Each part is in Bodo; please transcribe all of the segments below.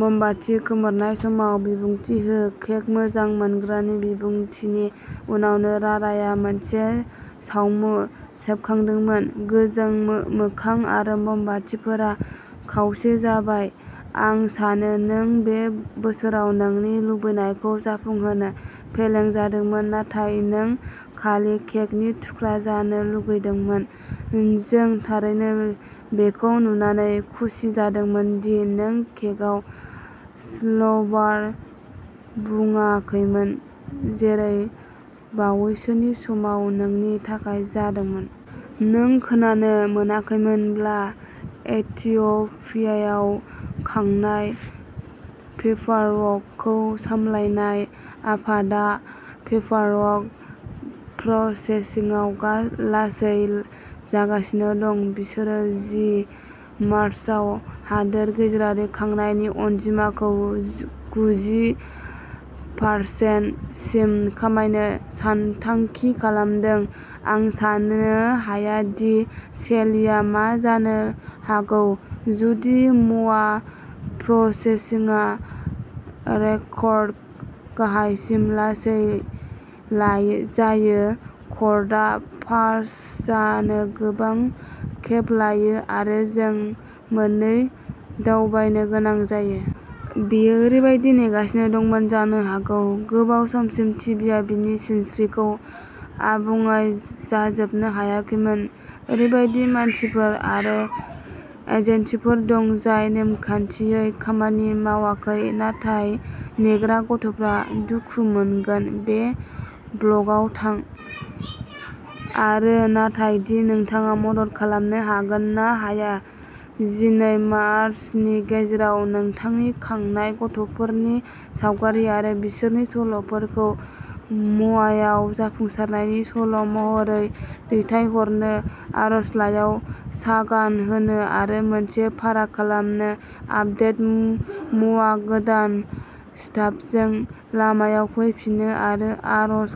मोमबाति खोमोरनाय समाव बिबुंथि हो केक मोजां मोनग्रानि बिबुंथिनि उनावनो राराया मोनसे सावमु सेबखांदोंमोन गोजों मोखां आरो ममबातिफोरा खावसे जाबाय आं सानो नों बे बोसोराव नोंनि लुबैनायखौ जाफुंहोनो फेलें जादोंमोन नाथाय नों खालि केकनि थुख्रा जानो लुगैदोंमोन जों थारैनो बेखौ नुनानै खुसि जादोंमोन दि नों केकआव स्लबार बुङाखैमोन जेरै बावैसोनि समाव जोंनि थाखाय जादोंमोन। नों खोनानो मोनाखैब्ला इथिय'पियायाव खांनाय पेपारवर्कखौ सामलायनाय आफादआ पेपारवर्क प्रसेसिंआव लासै जागासिनो दं। बिसोरो जि मार्चाव हादोर गेजेरारि खांनायनि अनजिमाखौ गुजि पार्सेन सिम खमायनो सानथांखि खालामदों आं सान्नो हाया दि सेलिआ मा जानो हागौ जुदि म'वा प्रसेसिंआ रेकर्ड गाहायसिम लासै जायो कर्टआ पास जानो गोबां खेब लायो आरो जों मोननै दावबायनो गोनां जायो। बियो ओरैबायदि नेगासिनो दंमोन जानो हागौ गोबाव समसिम टि बि आ बिनि सिनस्रिखौ आबुङै जाजोबनो हायाखैमोन। ओरैबायदि मानसिफोर आरो एजेन्सिफोर दं जाय नेमखान्थियै खामानि मावाखै नाथाय नेग्रा गथ'फोरा दुखु मोनगोन। बे ब्लगआव थां आरो नाय दि नोंथाङा मदद खालामनो हागोन ना हाया जिनै मार्चनि गेजेराव नोंथांनि खांनाय गथ'फोरनि सावगारि आरो बिसोरनि सल'फोरखौ म'वायाव जाफुंसारनायनि सल'महरै दैथायहरनो आर'जलाइयाव सागान होनो आरो मोनसे फाराग खालामनो आपदेट म'वा गोदान स्टाफजों लामायाव फैफिनो आरो आर'ज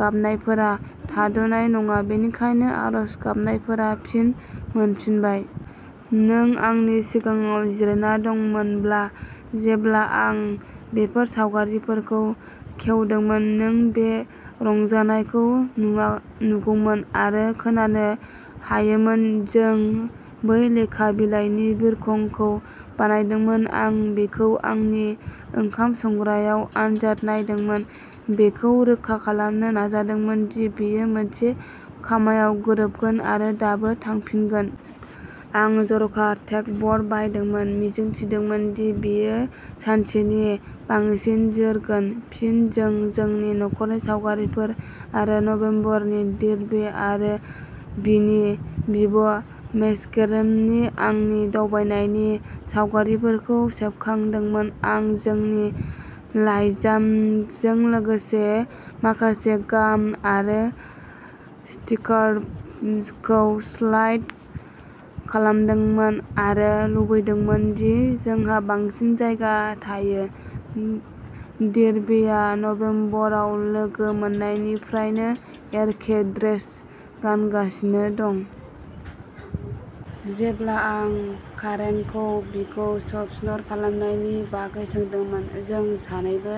गाबनायफोरा थाद'नाय नङा बेनिखायनो आर'ज गाबनायफोरा फिन मोनफिनबाय! नों आंनि सिगाङाव जिरायना दंमोनब्ला जेब्ला आं बेफोर सावगारिफोरखौ खेवदोंमोन नों बे रंजानायखौ नुगौमोन आरो खोनानो हायोमोन जों बै लेखा बिलाइनि बिरखंखौ बानायदोंमोन आं बेखौ आंनि ओंखाम संग्रायाव आनजाद नायदोंमोन बेखौ रोखा खालामनो नाजादोंमोन दि बेयो मोनसे खामाव गोरोबगोन आरो दाबो थांफागोन। आं जर'खा टेगब'र्ड बायदोंमोन मिजिं थिदोंमोन दि बेयो सानसेनि बांसिन जोरगोन फिन जों जोंनि नखरनि सावगारिफोर आरो नभेम्बरनि दिर्बे आरो बिनि बिब'मेस्केरेमनि आंनि दावबायनायनि सावगारिफोरखौ सेबखांदोंमोन आं जोंनि लाइजामजों लोगोसे माखासे गाम आरो स्टिकारफोरखौ स्लाइड खालामदोंमोन आरो लुबैदोंमोन दि जोंहा बांसिन जायगा थायो दिर्बेआ नबेम्बराव लोगो मोननायनिफ्रायनो एखे ड्रेस गानगासिनो दं। जेब्ला आं कारेनखौ बिखौ स्पन्सर खालामनायनि बागै सोंदोंमोन जों सानैबो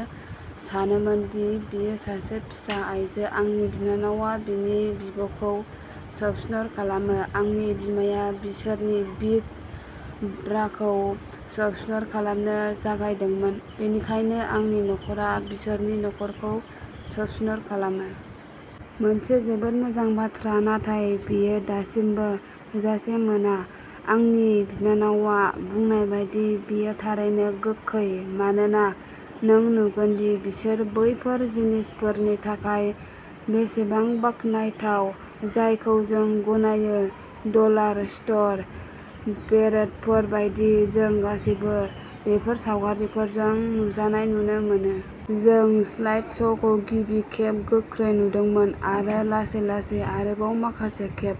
सानोमोन दि बियो सासे फिसा आइजो आंनि बिनानावया बिनि बिब'खौ स्पन्सर खालामो आंनि बिमाया बिसोरनि बिग ब्राखौ स्पन्सर खालामनो जागायदोंमोन बेनिखायनो आंनि नखरा बिसोरनि नखरखौ स्पन्सर खालामो। मोनसे जोबोद मोजां बाथ्रा नाथाय बेयो दासिमबो थोजासे मोना आंनि बिनानावया बुंनाय बायदि बेयो थारैनो गोखै मानोना नों नुगोन दि बिसोर बैफोर जिनिसफोरनि थाखाय बेसेबां बाखनायथाव जायखौ जों गनायो डलार स्ट'र बेरेटफोर बायदि जों गासैबो बेफोर सावगारिफोरजों नुजानाय नुनो मोनो। जों स्लाइडश'खौ गिबि खेब गोख्रै नुदोंमोन आरो लासै-लासै आरोबाव माखासे खेब।